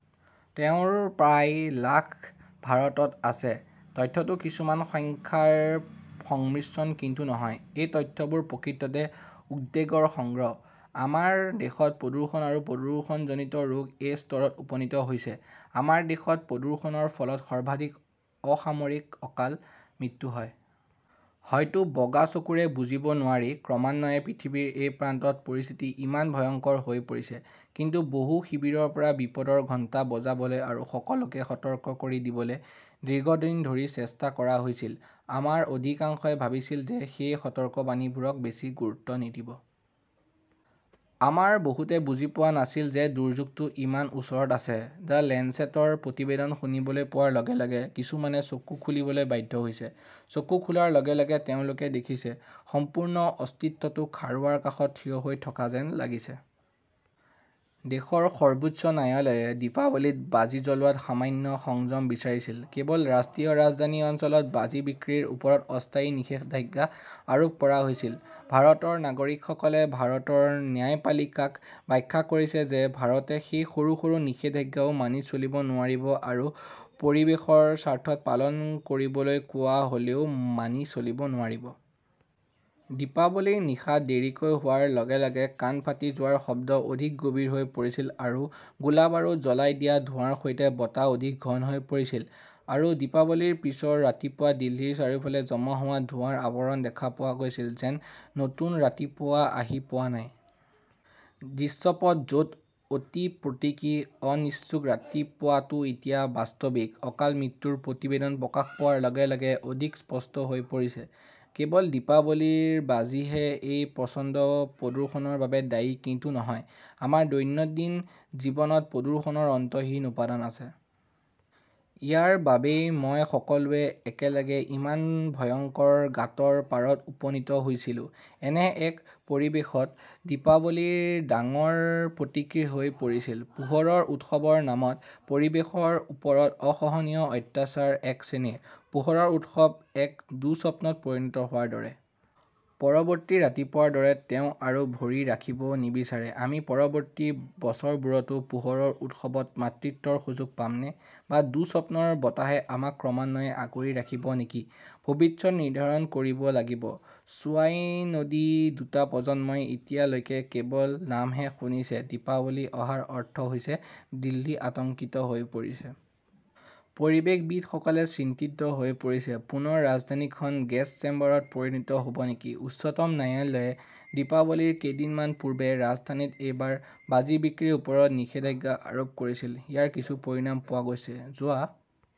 তেওঁৰ প্ৰায় লাখ ভাৰতত আছে। তথ্যটো কিছুমান সংখ্যাৰ সংমিশ্ৰণ কিন্তু নহয়। এই তথ্যবোৰ প্ৰকৃততে উদ্বেগৰ সংগ্ৰহ। আমাৰ দেশত প্ৰদূষণ আৰু প্ৰদূষণজনিত ৰোগ এই স্তৰত উপনীত হৈছে! আমাৰ দেশত প্ৰদূষণৰ ফলত সৰ্বাধিক অসামৰিক অকাল মৃত্যু হয়! হয়তো বগা চকুৰে বুজিব নোৱাৰি, ক্ৰমান্বয়ে পৃথিৱীৰ এই প্ৰান্তত পৰিস্থিতি ইমান ভয়ংকৰ হৈ পৰিছে। কিন্তু বহু শিবিৰৰ পৰা বিপদৰ ঘণ্টা বজাবলৈ আৰু সকলোকে সতৰ্ক কৰি দিবলৈ দীৰ্ঘদিন ধৰি চেষ্টা কৰা হৈছিল। আমাৰ অধিকাংশই ভাবিছিল যে সেই সতৰ্কবাণীবোৰক বেছি গুৰুত্ব নিদিব। আমাৰ বহুতে বুজি পোৱা নাছিল যে দুৰ্যোগটো ইমান ওচৰত আছে। দ্য লেঞ্চেটৰ প্ৰতিবেদন শুনিবলৈ পোৱাৰ লগে লগে কিছুমানে চকু খুলিবলৈ বাধ্য হৈছে। চকু খোলাৰ লগে লগে তেওঁলোকে দেখিছে, সম্পূৰ্ণ অস্তিত্বটো খাৰুৱাৰ কাষত থিয় হৈ থকা যেন লাগিছে। দেশৰ সৰ্বোচ্চ ন্যায়ালয়ে দীপাৱলীত বাজি জ্বলোৱাত সামান্য সংযম বিচাৰিছিল। কেৱল ৰাষ্ট্ৰীয় ৰাজধানী অঞ্চলত বাজি বিক্ৰীৰ ওপৰত অস্থায়ী নিষেধাজ্ঞা আৰোপ কৰা হৈছিল। ভাৰতৰ নাগৰিকসকলে ভাৰতৰ ন্যায়পালিকাক ব্যাখ্যা কৰিছে যে ভাৰতে সেই সৰু সৰু নিষেধাজ্ঞাও মানি চলিব নোৱাৰিব আৰু পৰিৱেশৰ স্বাৰ্থত পালন কৰিবলৈ কোৱা হ "লেও মানি চলিব নোৱাৰিব। দীপাৱলীৰ নিশা দেৰিকৈ হোৱাৰ লগে লগে কাণ ফাটি যোৱাৰ শব্দ অধিক গভীৰ হৈ পৰিছিল, আৰু গোলা-বাৰুদ জ্বলাই দিয়া ধোঁৱাৰ সৈতে বতাহ অধিক ঘন হৈ পৰিছিল। আৰু দীপাৱলীৰ পিছৰ ৰাতিপুৱা দিল্লীৰ চাৰিওফালে জমা হোৱা ধোঁৱাৰ আৱৰণ দেখা পোৱা গৈছিল, যেন নতুন ৰাতিপুৱা আহি পোৱা নাই। দৃশ্যপট য 'ত অতি প্ৰতীকী, অনিচ্ছুক ৰাতিপুৱাটো এতিয়া বাস্তৱিক, অকাল মৃত্যুৰ প্ৰতিবেদন প্ৰকাশ পোৱাৰ লগে লগে অধিক স্পষ্ট হৈ পৰিছে। কেৱল দীপাৱলীৰ বাজিহে এই প্ৰচণ্ড প্ৰদূষণৰ বাবে দায়ী, কিন্তু নহয়। আমাৰ দৈনন্দিন জীৱনত প্ৰদূষণৰ অন্তহীন উপাদান আছে। ইয়াৰ বাবেই মই সকলোৱে একেলগে ইমান ভয়ংকৰ গাঁতৰ পাৰত উপনীত হৈছিলো। এনে এক পৰিৱেশত দীপাৱলী ডাঙৰ প্ৰতীকী হৈ পৰিছিল। পোহৰৰ উৎসৱৰ নামত পৰিৱেশৰ ওপৰত অসহনীয় অত্যাচাৰ এক শ্ৰেণীৰ। পোহৰৰ উৎসৱ এক দুঃস্বপ্নত পৰিণত হোৱাৰ দৰে। পৰৱৰ্তী ৰাতিপুৱাৰ দৰে তেওঁ আৰু ভৰি ৰাখিব নিবিচাৰে। আমি পৰৱৰ্তী বছৰবোৰতো পোহৰৰ উৎসৱত মাতৃত্বৰ সুযোগ পামনে? বা দুঃস্বপ্নৰ বতাহে আমাক ক্ৰমান্বয়ে আগুৰি ৰাখিব নেকি? ভৱিষ্যত নিৰ্ধাৰণ কৰিব লাগিব। ছোৱাই নদীঃ দুটা প্ৰজন্মই এতিয়ালৈকে কেৱল নামহে শুনিছে দীপাৱলী অহাৰ অৰ্থ হৈছে দিল্লী আতংকিত হৈ পৰিছে। পৰিৱেশবিদসকলে চিন্তিত হৈ পৰিছে। পুনৰ ৰাজধানীখন গেছ চেম্বাৰত পৰিণত হ "ব নেকি? উচ্চতম ন্যায়ালয়ে দীপাৱলীৰ কেইদিনমান পূৰ্বে ৰাজধানীত এইবাৰ বাজি বিক্ৰীৰ ওপৰত নিষেধাজ্ঞা আৰোপ কৰিছিল। ইয়াৰ কিছু পৰিণাম পোৱা গৈছে। যোৱা